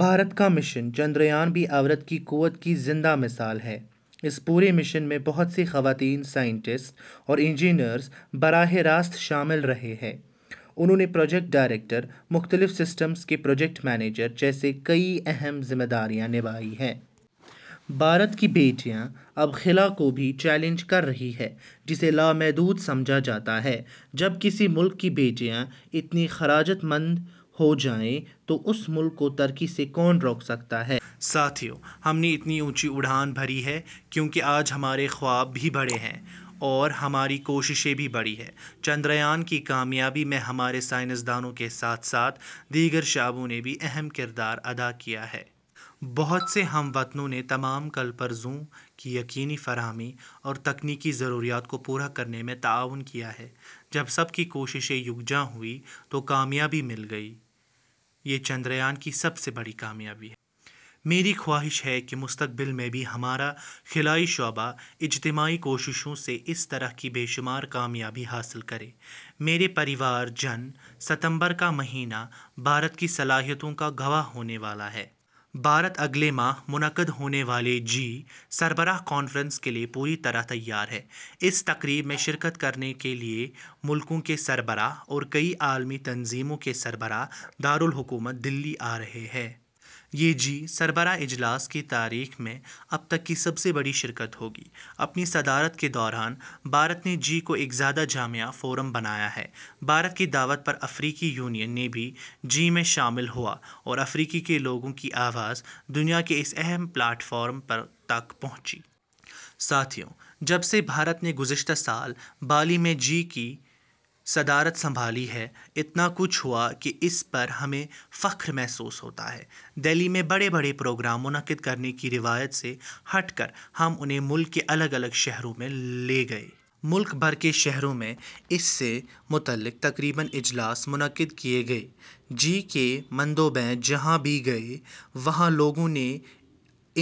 بھارت کا مشن چندریان بھی عورت کی قوت کی زندہ مثال ہے۔ اس پورے مشن میں بہت سی خواتین سائنسدان اور انجینئرز براہ راست شامل رہی ہیں۔ انہوں نے پروجیکٹ ڈائریکٹر، مختلف سسٹمز کے پروجیکٹ مینیجر جیسی کئی اہم ذمہ داریاں نبھائی ہیں۔ بھارت کی بیٹیاں اب خلا ء کو بھی چیلنج کر رہی ہیں ، جسے لامحدود سمجھا جاتا ہے۔ جب کسی ملک کی بیٹیاں اتنی جرأت مند ہو جائیں تو اس ملک کو ترقی سے کون روک سکتا ہے! ساتھیو ، ہم نے اتنی اونچی اڑان بھری ہے کیونکہ آج ہمارے خواب بھی بڑے ہیں اور ہماری کوششیں بھی بڑی ہیں۔ چندریان کی کامیابی میں ہمارے سائنسدانوں کے ساتھ ساتھ دیگر شعبوں نے بھی اہم کردار ادا کیا ہے۔ بہت سے ہم وطنوں نے تمام کلپرزوں کی یقینی فراہمی اور تکنیکی ضروریات کو پورا کرنے میں تعاون کیا ہے۔ جب سب کی کوششیں یکجا ہوئیں تو کامیابی بھی مل گئی۔ یہ چندریان کی سب سے بڑی کامیابی ہے۔ میری خواہش ہے کہ مستقبل میں بھی ہمارا خلائی شعبہ اجتماعی کوششوں سے اس طرح کی بے شمار کامیابیاں حاصل کرے۔ میرے پریوار جَن ، ستمبر کا مہینہ بھارت کی صلاحیتوں کا گواہ ہونے والا ہے۔ بھارت اگلے ماہ منعقد ہونے والی جی – سربراہ کانفرنس کے لیے پوری طرح تیار ہے۔ اس تقریب میں شرکت کے لیے ملکوں کے سربراہان اور کئی عالمی تنظیموں کے سربراہان دارالحکومت دلّی آ رہے ہیں۔ یہ جی – سربراہ اجلاس کی تاریخ میں اب تک کی سب سے بڑی شرکت ہوگی۔ اپنی صدارت کے دوران ، بھارت نے جی – کو ایک زیادہ جامع فورم بنایا ہے۔ بھارت کی دعوت پر افریقی یونین بھی جی – میں شامل ہوا اور افریقہ کے لوگوں کی آواز ، دنیا کے اس اہم پلیٹ فارم تک پہنچی۔ ساتھیوں، جب سے بھارت نے گزشتہ سال بالی میں جی – کی صدارت سنبھالی ہے، اتنا کچھ ہوا ہے کہ اس پر ہمیں فخر محسوس ہوتا ہے۔ دلّی میں بڑے بڑے پروگرام منعقد کرنے کی روایت سے ہٹ کر ، ہم انہیں ملک کے الگ الگ شہروں میں لے گئے۔ ملک بھر کے شہروں میں اس سے متعلق تقریباً اجلاس منعقد کیے گئے۔ جی – کے مندوبین جہاں بھی گئے، وہاں لوگوں نے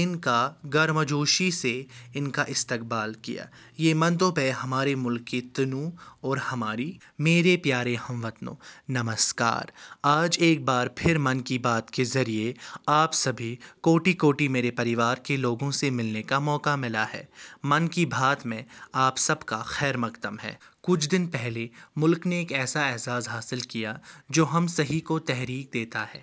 ان کا گرمجوشی سے ، اُن کا استقبال کیا۔ یہ مندوبین ہمارے ملک کے تنوع اور ہماری. میرے پیارے ہم وطنوں، نمسکار۔ آج ایک بار پھر 'من کی بات' کے ذریعے آپ سبھی کوٹی کوٹی میرے پریوار کے لوگوں سے ملنے کا موقع ملا ہے۔ 'من کی بات ' میں آپ سب کا خیرمقدم ہے۔ کچھ دن پہلے ملک نے ایک ایسا اعزاز حاصل کیا ہے جو ہم سھی کو تحریک دیتا ہے۔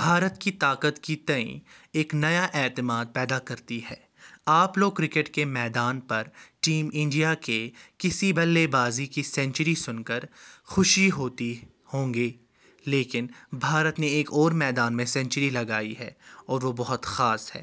بھارت کی طاقت کے تئیں ایک نیا اعتماد پیدا کرتی ہے۔ آپ لوگ کرکٹ کے میدان پر ٹیم انڈیا کے کسی بلے بازی کی سنچری سُن کر خوشی ہوتے ہوں گے، لیکن بھارت نے ایک اور میدان میں سنچری لگائی ہے اور وہ بہت خاص ہے۔